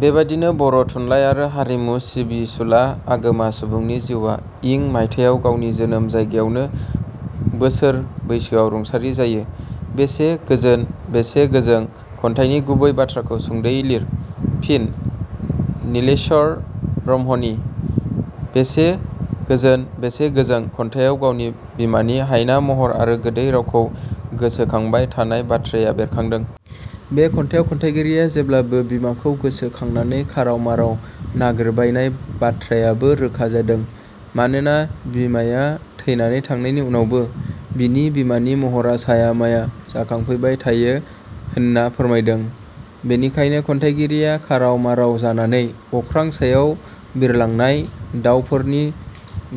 बेबादिनो बर' थुनलाइ आरो हारिमु सिबिसुला आगोमा सुबुंनि जिउवा इं मायथायाव गावनि जोनोम जायगायावनो बोसोर बैसोआव रुंसारि जायो। 'बेसे गोजोन, बेसे गोजों, खन्थाइनि गुबै बाथ्राखौ सुंदयै लिर। फिन: नीलेश्वर ब्रह्मनि "बेसे गोजोन बेसे गोजों" खन्थाइयाव गावनि बिमानि हायना महर आरो गोदै रावखौ गोसोखांबाय थानाय बाथ्राया बेरखादों। बे खन्थायाव खन्थाइगिरिया जेब्लाबो बिमाखौ गोसो खांनानै खाराव माराव नागिरबायनाय बाथ्रायाबो रोखा जादों मानोना बिमाया थैनानै थांनायनि उनावबो बिनि बिमानि महरा साया माया जाखांफैबाय थायो होनना फोरमायदों। बेनिखायनो खन्थाइगिरिया खाराव माराव जानानै अख्रां सायाव बिरलांनाय दावफोरनि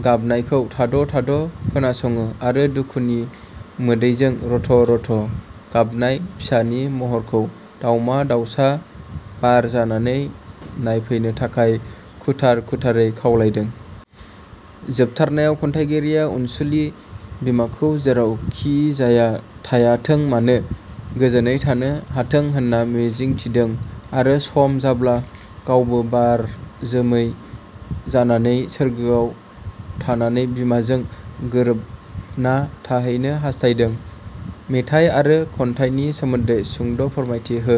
गाबनायखौ थाद' थाद' खोनासङो आरो दुखुनि मोदैजों रथ' रथ' गाबनाय फिसानि महरखौ दाउमा दाउसा बार जानानै नायफैनो थाखाय खुथार खुथारै खावलायदों। जोबथारनायाव खन्थाइगिरिया अनसुलि बिमाखौ जेरावखिजाया थायाथों मानो गोजोनै थानो हाथों होनना मिजिथिदों आरो सम जाब्ला गावबो बार जोमै जानानै सोरगोआव थानानै बिमाजों गोरोबना थाहैनो हास्थायदों। मेथाइ आरो खन्थाइनि सोमान्दै सुंद फोरमायथि हो।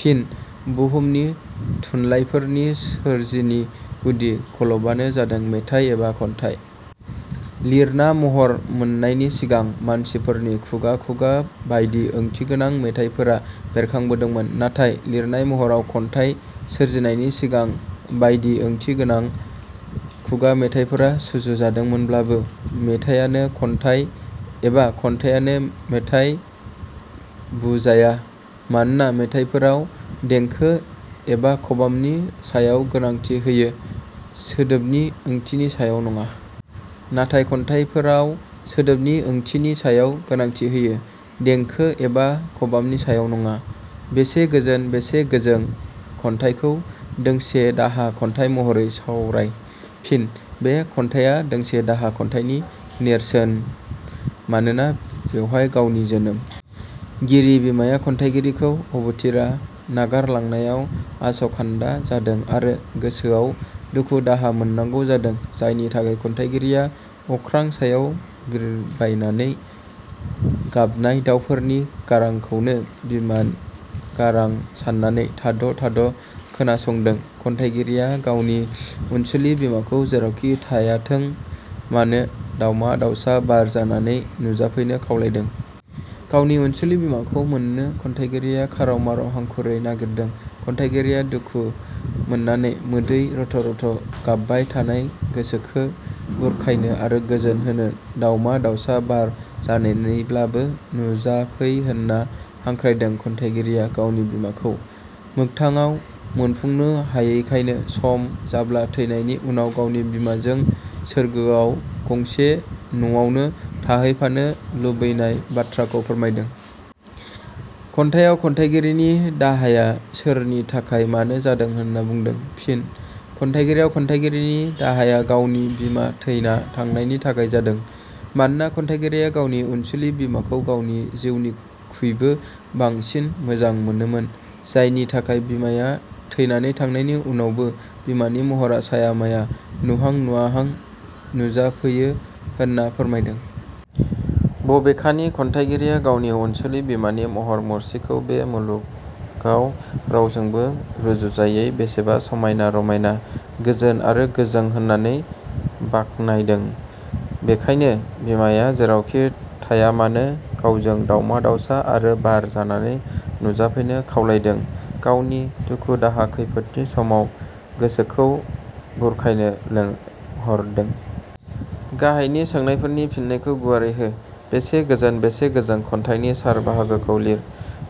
फिन: बहुमनि थुनलाइफोरनि सोरजिनि गुदि खलबानो जादों मेथाइ एबा खन्थाइ। लिरना महर मोननायनि सिगां मानसिफोरनि खुगा खुगा बाइदि ओंथिगोनां मेथाइफोरा बेरखांदोमोन नाथाय लिरनाय महराव खन्थाइ सोरजिनायनि सिंगां बाइदि ओंथि गोनां खुगा मेथाइफोरा सुजु जादोंमोनब्लाबो मेथायानो खन्थाइ एबा खन्थाइयानो मेथाइ बुजाया। मानोना मेथायफोराव देंखो एबा खबामनि सायाव गोनांथि होयो, सोदोबनि ओंथिनि सायाव नङा। नाथाय खन्थाइफोराव सोदोबनि ओंथिनि सायाव गोनांथि होयो, देंखो एबा खबामनि सायाव नङा। 'बेसे गोजोन, बेसे गोजों खन्थाइखौ दोंसे दाहा खन्थाइ महरै सावराय। फिन: बे खन्थाइया दोंसे दाहा खन्थाइनि नेरसोन मानोना बेवहाय गावनि जोनोम गिरि बिमाया खन्थाइगिरिखौ अबथिरा नागार लांनायाव आसखान्दा जादों आरो गोसोआव दुख-दाहा मोननांगौ जादों जायनि थाखाय खन्थाइगिरिया अख्रां सायाव बिरबायनानै गाबनाय दावफोरनि गारांखोनो बिमान गारां साननानै थाद' थाद' खोनासंदों खन्थाइगिरिया गावनि अनसुलि बिमाखौ जेरावखि थायाथों मानो दावमा दावसा बार जानानै नुजाफैनो खावलायदों। गावनि अनसुलि बिमाखौ मोननो खन्थाइगिरिया खाराव माराव हांखुरै नागिरदों खन्थाइगिरिया दुखु मोननानै मोदै रथ' रथ' गाबबाय थानाय गोसोखो बुरखायनो आरो गोजोन होनो दावमा दावसा बार जानानैब्लाबो नुजाफै होनना हांख्रायदों खन्थाइगिरिया गावनि बिमाखौ मोगथाङाव मोनफुंनो हायैखायनो सम जाब्ला थैनायनि उनाव गावनि बिमाजों सोरगोआव गंसे नवावनो थाहैफानो लुबैनाय बाथ्राखौ फोरमायदों। खन्थाइयाव खन्थाइगिरिनि दाहाया सोरनि थाखाय मानो जादों होनना बुदों? फिनः खन्थाइयाव खन्थाइगिरिनि दाहाया गावनि बिमा थैना थांनायनि थाखाय जादों। मानोना खन्थाइगिरिया गावनि अनसुलि बिमाखौ गावनि जिउनिखुइबो बांसिन मोजां मोनोमोन जायनि थाखाय बिमाया थैनानै थांनायनि उनावबो बिमानि महरा साया माया नुहांनुवाहां नुजाफैयो होनना फोरमायदों। बबेखानि खन्थाइगिरिया गावनि अनसुलि बिमानि महर मुस्रिखौ बे मुलुगाव रावजोंबो रुजुजायै बेसेबा समायना- रमायना गोजोन आरो गोजों होननानै बाखनायदों। बेखायनो बिमाया जेरावखि थायामानो गावजों दावमा-दावसा आरो बार जानानै नुजाफैनो खावलायदों गावनि दुखु दाहा खैफोदनि समाव गोसोखौ बुरखायनो लेंहरदों। गाहायनि सोंनाफोरनि फिननायखौ गुवारै हो 'बेसे गोजोन बेसे गोजों खन्थाइनि सार बाहागोखौ लिर।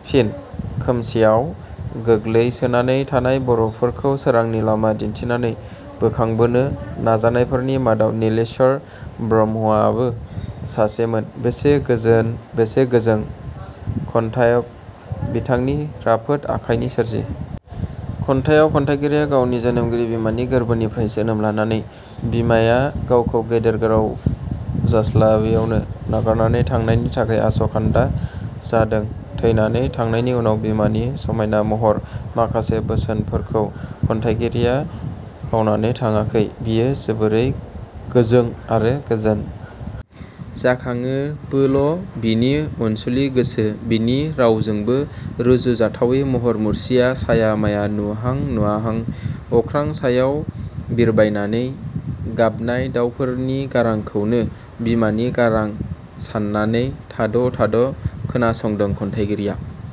फिनः खोमसियाव गोग्लैसोनानै थानाय बर 'फोरखौ सोरांनि लामा दिन्थिनानै बोखांबोनो नाजानायफोरनि मादाव नीलेश्वर ब्रह्मवाबो सासेमोन बेसे गोजोन बेसे गोजों खन्थाइयख बिथांनि राफोद आखाइनि सोरजि। खन्थाइयाव खन्थाइगिरिया गावनि जोनोमगिरि बिमानि गोरबोनिफ्राय जोनोम लानानै बिमाया गावखौ गेदेर गोलाव जास्लाबेयावनो नागारनानै थांनायनि थाखाय आस 'खान्दा जादों थैनानै थांनायनि उनाव बिमानि समायना महर, माखासे बोसोनफोरखौ खन्थाइगिरिया बावनानै थाङाखै बियो जोबोरै गोजों आरो गोजोन। जाखांयोबोल' बिनि अनसुलि गोसो, बिनि रावजोंबो रुजुजाथावै महर मुस्रिया साया माया नुहां- नुवाहां। अख्रां सायाव बिरबायनानै गाबनाय दावफोरनि गारांखौनो बिमानि गारां साननानै थाद' थाद' खोनासंदों खन्थाइगिरिया।